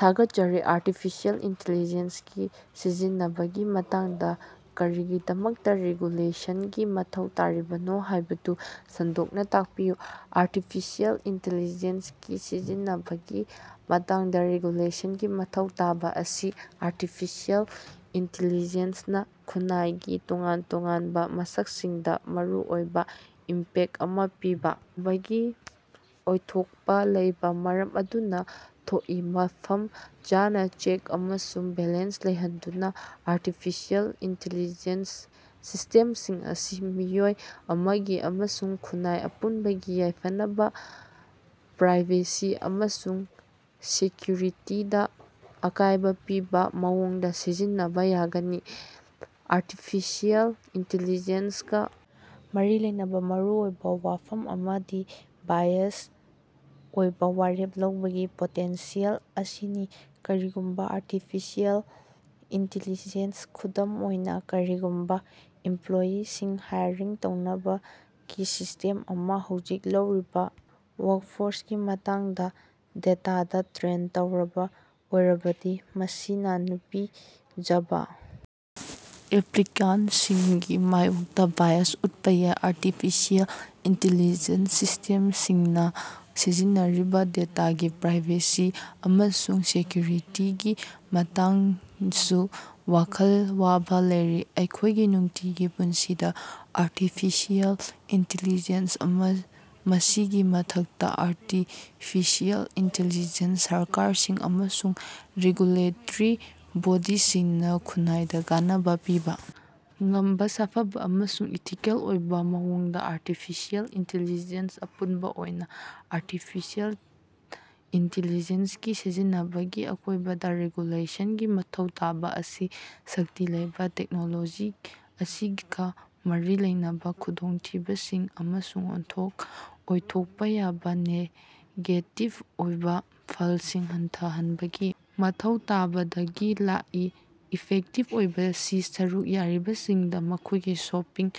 ꯊꯥꯒꯠꯆꯔꯤ artificial intelligence ꯀꯤ ꯁꯤꯖꯤꯟꯅꯕꯒꯤ ꯃꯇꯥꯡꯗ ꯀꯔꯤꯒꯤꯗꯃꯛꯇ ꯔꯦꯒꯨꯂꯦꯁꯟꯒꯤ ꯃꯊꯧ ꯇꯥꯔꯤꯕꯅꯣ ꯍꯥꯏꯕꯗꯨ ꯁꯟꯗꯣꯛꯅ ꯇꯥꯛꯄꯤꯌꯨ? ꯑꯥꯔꯇꯤꯐꯤꯁꯤꯑꯦꯜ ꯏꯟꯇꯤꯂꯤꯖꯦꯟꯁ ꯀꯤ ꯁꯤꯖꯤꯟꯅꯕꯒꯤ ꯃꯇꯥꯡꯗ ꯔꯦꯒꯨꯂꯦꯁꯟꯒꯤ ꯃꯊꯧ ꯇꯥꯕ ꯑꯁꯤ ꯑꯥꯔꯇꯤꯐꯤꯁꯤꯑꯦꯜ ꯏꯟꯇꯤꯂꯤꯖꯦꯟꯁ ꯅꯥ ꯈꯨꯟꯅꯥꯏꯒꯤ ꯇꯣꯉꯥꯟ ꯇꯣꯉꯥꯟꯕ ꯃꯁꯛꯁꯤꯡꯗ ꯃꯔꯨꯑꯣꯏꯕ ꯏꯝꯄꯦꯛꯇ ꯑꯃ ꯄꯤꯕ ꯉꯝꯕꯒꯤ ꯑꯣꯏꯊꯣꯛꯄ ꯂꯩꯕꯅ ꯃꯔꯝ ꯑꯣꯏꯗꯨꯅ ꯊꯣꯛꯏ꯫ ꯃꯐꯝ ꯆꯥꯅ ꯆꯦꯛ ꯑꯃꯁꯨꯡ ꯕꯦꯂꯦꯟꯁ ꯂꯩꯍꯟꯗꯅ, ꯑꯥꯔꯇꯤꯐꯤꯁꯤꯑꯦꯜ ꯏꯟꯇꯤꯂꯤꯖꯦꯟꯁ ꯁꯤꯁ꯭ꯇꯦꯝꯁꯤꯡ ꯑꯁꯤ ꯃꯤꯑꯣꯏ ꯑꯃꯒꯤ ꯑꯃꯁꯨꯡ ꯈꯨꯟꯅꯥꯏ ꯑꯄꯨꯟꯕꯒꯤ ꯌꯥꯏꯐꯅꯕ, ꯄ꯭ꯔꯥꯏꯚꯦꯁꯤ ꯑꯃꯁꯨꯡ ꯁꯦꯀ꯭ꯌꯨꯔꯤꯇꯤꯗ ꯑꯀꯥꯏꯕ ꯄꯤꯕ ꯃꯑꯣꯡꯗ ꯁꯤꯖꯤꯟꯅꯕ ꯌꯥꯒꯅꯤ꯫ ꯑꯥꯔꯇꯤꯐꯤꯁꯤꯑꯦꯜ ꯏꯟꯇꯤꯂꯤꯖꯦꯟꯁ ꯒꯥ ꯃꯔꯤ ꯂꯩꯅꯕ ꯃꯔꯨꯑꯣꯏꯕ ꯋꯥꯐꯝ ꯑꯃꯗꯤ ꯕꯥꯏꯑꯦꯖ ꯑꯣꯏꯕ ꯋꯥꯔꯦꯞ ꯂꯧꯕꯒꯤ ꯄꯣꯇꯦꯟꯁꯤꯌꯦꯜ ꯑꯁꯤꯅꯤ꯫ ꯀꯔꯤꯒꯨꯝꯕ ꯑꯥꯔꯇꯤꯐꯤꯁꯤꯑꯦꯜ ꯏꯟꯇꯤꯂꯤꯖꯦꯟꯁ ꯈꯨꯗꯝ ꯑꯣꯏꯅ, ꯀꯔꯤꯒꯨꯝꯕ ꯏꯝꯄ꯭ꯂꯣꯌꯤꯁꯤꯡ ꯍꯥꯏꯔꯤꯡ ꯇꯧꯅꯕꯒꯤ ꯁꯤꯁ꯭ꯇꯦꯝ ꯑꯃ ꯍꯧꯖꯤꯛ ꯂꯩꯔꯤꯕ ꯋꯥ꯭ꯔꯛꯐꯣꯔꯁꯀꯤ ꯃꯇꯥꯡꯗ ꯗꯦꯇꯥꯗ ꯇ꯭ꯔꯦꯟ ꯇꯧꯔꯕ ꯑꯣꯏꯔꯕꯗꯤ, ꯃꯁꯤꯅ ꯅꯨꯄꯤ ꯖꯕ ꯑꯦꯄ꯭ꯂꯤꯀꯥꯟꯇꯁꯤꯡꯒꯤ ꯃꯥꯌꯣꯛꯇ ꯕꯥꯏꯁ ꯎꯠꯄ ꯌꯥꯏ꯫ ꯑꯥꯔꯇꯤꯐꯤꯁꯤꯑꯦꯜ ꯏꯟꯇꯤꯂꯤꯖꯦꯟꯁ ꯁꯤꯁ꯭ꯇꯦꯝꯁꯤꯡꯅ ꯁꯤꯖꯤꯟꯅꯔꯤꯕ ꯗꯦꯇꯥꯒꯤ ꯄ꯭ꯔꯥꯏꯕꯦꯁꯤ ꯑꯃꯁꯨꯡ ꯁꯦꯀ꯭ꯌꯨꯔꯤꯇꯤꯒꯤ ꯃꯇꯥꯡꯗꯁꯨ ꯋꯥꯈꯜ ꯋꯥꯕꯥ ꯂꯩꯔꯤ꯫ ꯑꯩꯈꯣꯏꯒꯤ ꯅꯨꯡꯇꯤꯒꯤ ꯄꯨꯟꯁꯤꯗ ꯑꯥꯔꯇꯤꯐꯤꯁꯤꯑꯦꯜ ꯏꯟꯇꯤꯂꯤꯖꯦꯟꯁ ꯃꯁꯤꯒꯤ ꯃꯊꯛꯇ, ꯑꯥꯔꯇꯤꯐꯤꯁꯤꯑꯦꯜ ꯏꯟꯇꯤꯂꯤꯖꯦꯟꯁ ꯁꯔꯀꯥꯔꯁꯤꯡ ꯑꯃꯁꯨꯡ ꯔꯦꯒꯨꯂꯦꯇ꯭ꯔꯤ ꯕꯣꯗꯤꯁꯤꯡꯅ ꯈꯨꯟꯅꯥꯏꯗ ꯀꯥꯟꯅꯕ ꯄꯤꯕ ꯉꯝꯕ ꯁꯥꯐꯕ ꯑꯃꯁꯨꯡ ꯏꯊꯤꯀꯦꯜ ꯑꯣꯏꯕ ꯃꯑꯣꯡꯗ‌ ꯑꯥꯔꯇꯤꯐꯤꯁꯤꯑꯦꯜ ꯏꯟꯇꯤꯂꯤꯖꯦꯟꯁ ꯑꯄꯨꯟꯕ ꯑꯣꯏꯅ, ꯑꯥꯔꯇꯤꯐꯤꯁꯤꯑꯦꯜ ꯏꯟꯇꯤꯂꯤꯖꯦꯟꯁ ꯀꯤ ꯁꯤꯖꯤꯟꯅꯕꯒꯤ ꯑꯀꯣꯏꯕꯗ ꯔꯤꯒꯨꯂꯦꯁꯟꯒꯤ ꯃꯊꯧ ꯇꯥꯕ ꯑꯁꯤ ꯁꯛꯇꯤ ꯂꯩꯕ ꯇꯦꯛꯅꯣꯂꯣꯖꯤ ꯑꯁꯤꯒ ꯃꯔꯤ ꯂꯩꯅꯕ ꯈꯨꯗꯣꯡꯊꯤꯕꯁꯤꯡ ꯑꯃꯁꯨꯡ ꯑꯣꯏꯊꯣꯛꯄ ꯌꯥꯕ ꯅꯦꯒꯦꯇꯤꯕ ꯑꯣꯏꯕ ꯐꯜꯁꯤꯡ ꯍꯟꯊꯍꯟꯕꯒꯤ ꯃꯊꯧ ꯇꯥꯕꯗꯒꯤ ꯂꯥꯛꯏ꯫ ꯏꯐꯦꯛꯇꯤꯕ ꯑꯣꯏꯕ ꯁꯤ ꯁꯔꯨꯛ ꯌꯥꯔꯤꯕꯁꯤꯡꯗ ꯃꯈꯣꯏꯒꯤ ꯁꯣꯄꯤꯡ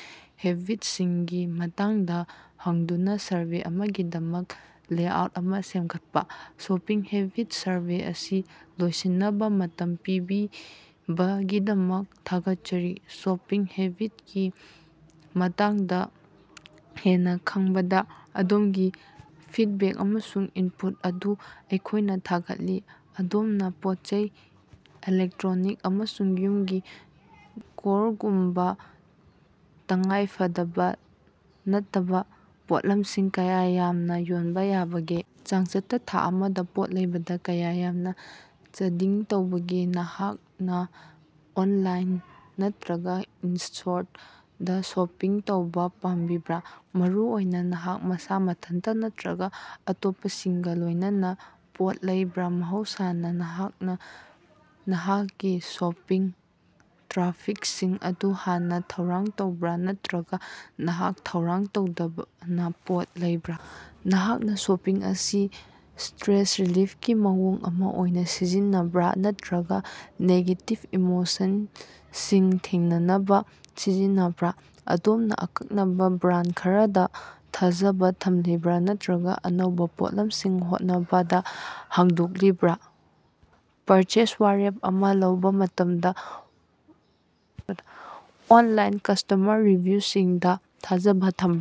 ꯍꯦꯕꯤꯠꯁꯤꯡꯒꯤ ꯃꯇꯥꯡꯗ ꯍꯪꯗꯨꯅ ꯁꯔꯚꯦ ꯑꯃꯒꯤꯗꯃꯛ ꯂꯦꯑꯥꯎꯠ ꯑꯃ ꯁꯦꯝꯒꯠꯄ꯫ ꯁꯣꯄꯤꯡ ꯍꯦꯕꯤꯠꯁ ꯁꯔꯚꯦ ꯑꯁꯤ ꯂꯣꯏꯁꯤꯟꯅꯕ ꯃꯇꯝ ꯄꯤꯕꯤꯕꯒꯤꯗꯃꯛ ꯊꯥꯒꯠꯆꯔꯤ꯫ ꯁꯣꯄꯤꯡ ꯍꯦꯕꯤꯠꯀꯤ ꯃꯇꯥꯡꯗ ꯍꯦꯟꯅ ꯈꯪꯕꯗ ꯑꯗꯣꯝꯒꯤ ꯐꯤꯗꯕꯦꯛ ꯑꯃꯁꯨꯡ ꯏꯟꯄꯨꯠ ꯑꯗꯨ ꯑꯩꯈꯣꯏꯅ ꯊꯥꯒꯠꯂꯤ꯫ ꯑꯗꯣꯝꯅ ꯄꯣꯠꯆꯩ, ꯏꯂꯦꯛꯇ꯭ꯔꯣꯅꯤꯛꯁ, ꯑꯃꯁꯨꯡ ꯌꯨꯝꯒꯤ ꯀꯣꯔꯒꯨꯝꯕ ꯇꯉꯥꯏ ꯐꯗꯕ ꯅꯠꯇꯕ ꯄꯣꯠꯂꯝꯁꯤꯡ ꯀꯌꯥ ꯌꯥꯝꯅ ꯌꯣꯟꯕ ꯌꯥꯕꯒꯦ? ꯆꯥꯡꯆꯠꯇ ꯊꯥ ꯑꯃꯗ ꯄꯣꯠ ꯂꯩꯕꯗ ꯀꯌꯥ ꯌꯥꯝꯅ ꯆꯥꯗꯤꯡ ꯇꯧꯕꯒꯦ? ꯅꯍꯥꯛꯅ ꯑꯣꯟꯂꯥꯏꯟ ꯅꯠꯇꯔꯒ ꯏꯟ-ꯁ꯭ꯇꯣꯔꯗ ꯁꯣꯄꯤꯡ ꯇꯧꯕ ꯄꯥꯝꯕꯤꯕ꯭ꯔꯥ? ꯃꯔꯨꯑꯣꯏꯅ ꯅꯍꯥꯛꯅ ꯃꯁꯥ ꯃꯊꯟꯇ ꯅꯠꯇꯔꯒ ꯑꯇꯣꯞꯄꯁꯤꯡꯒ ꯂꯣꯏꯅꯅ ꯄꯣꯠ ꯂꯩꯕ꯭ꯔꯥ? ꯃꯍꯧꯁꯥꯅ ꯅꯍꯥꯛꯅ ꯅꯍꯥꯛꯀꯤ ꯁꯣꯄꯤꯡ ꯇ꯭ꯔꯥꯐꯤꯛꯁꯤꯡ ꯑꯗꯨ ꯍꯥꯟꯅ ꯊꯧꯔꯥꯡ ꯇꯧꯕ꯭ꯔꯥ ꯅꯠꯇꯔꯒ ꯅꯍꯥꯛꯅ ꯊꯧꯔꯥꯡ ꯇꯧꯗꯅ ꯄꯣꯠ ꯂꯩꯕ꯭ꯔꯥ? ꯅꯍꯥꯛꯅ ꯁꯣꯄꯤꯡ ꯑꯁꯤ ꯁ꯭ꯇꯔꯦꯁ ꯔꯤꯂꯤꯐꯀꯤ ꯃꯑꯣꯡ ꯑꯃ ꯑꯣꯏꯅ ꯁꯤꯖꯤꯟꯅꯕ꯭ꯔꯥ ꯅꯠꯇꯔꯒ ꯅꯦꯒꯦꯇꯤꯚ ꯏꯃꯣꯁꯟꯁꯤꯡ ꯊꯦꯡꯅꯅꯕ ꯁꯤꯖꯤꯟꯅꯕ꯭ꯔꯥ? ꯑꯗꯣꯝꯅ ꯑꯀꯛꯅꯕ ꯕ꯭ꯔꯥꯟꯗ ꯈꯔꯗ ꯊꯥꯖꯕ‌ ꯊꯝꯂꯤꯕꯔꯥ ꯅꯠꯇꯔꯒ ꯑꯅꯧꯕ ꯄꯣꯠꯂꯝꯁꯤꯡ ꯍꯣꯠꯅꯕꯗ ꯍꯥꯡꯗꯣꯛꯂꯤꯕꯔꯥ? ꯄꯔꯆꯦꯖ ꯋꯥꯔꯦꯞ ꯑꯃ ꯂꯧꯕ ꯃꯇꯝꯗ ꯑꯣꯟꯂꯥꯏꯟ ꯀꯁ꯭ꯇꯃꯔ ꯔꯤꯚꯤꯌꯨꯁꯤꯡꯗ ꯊꯥꯖꯕ ꯊꯝꯕꯔꯥ?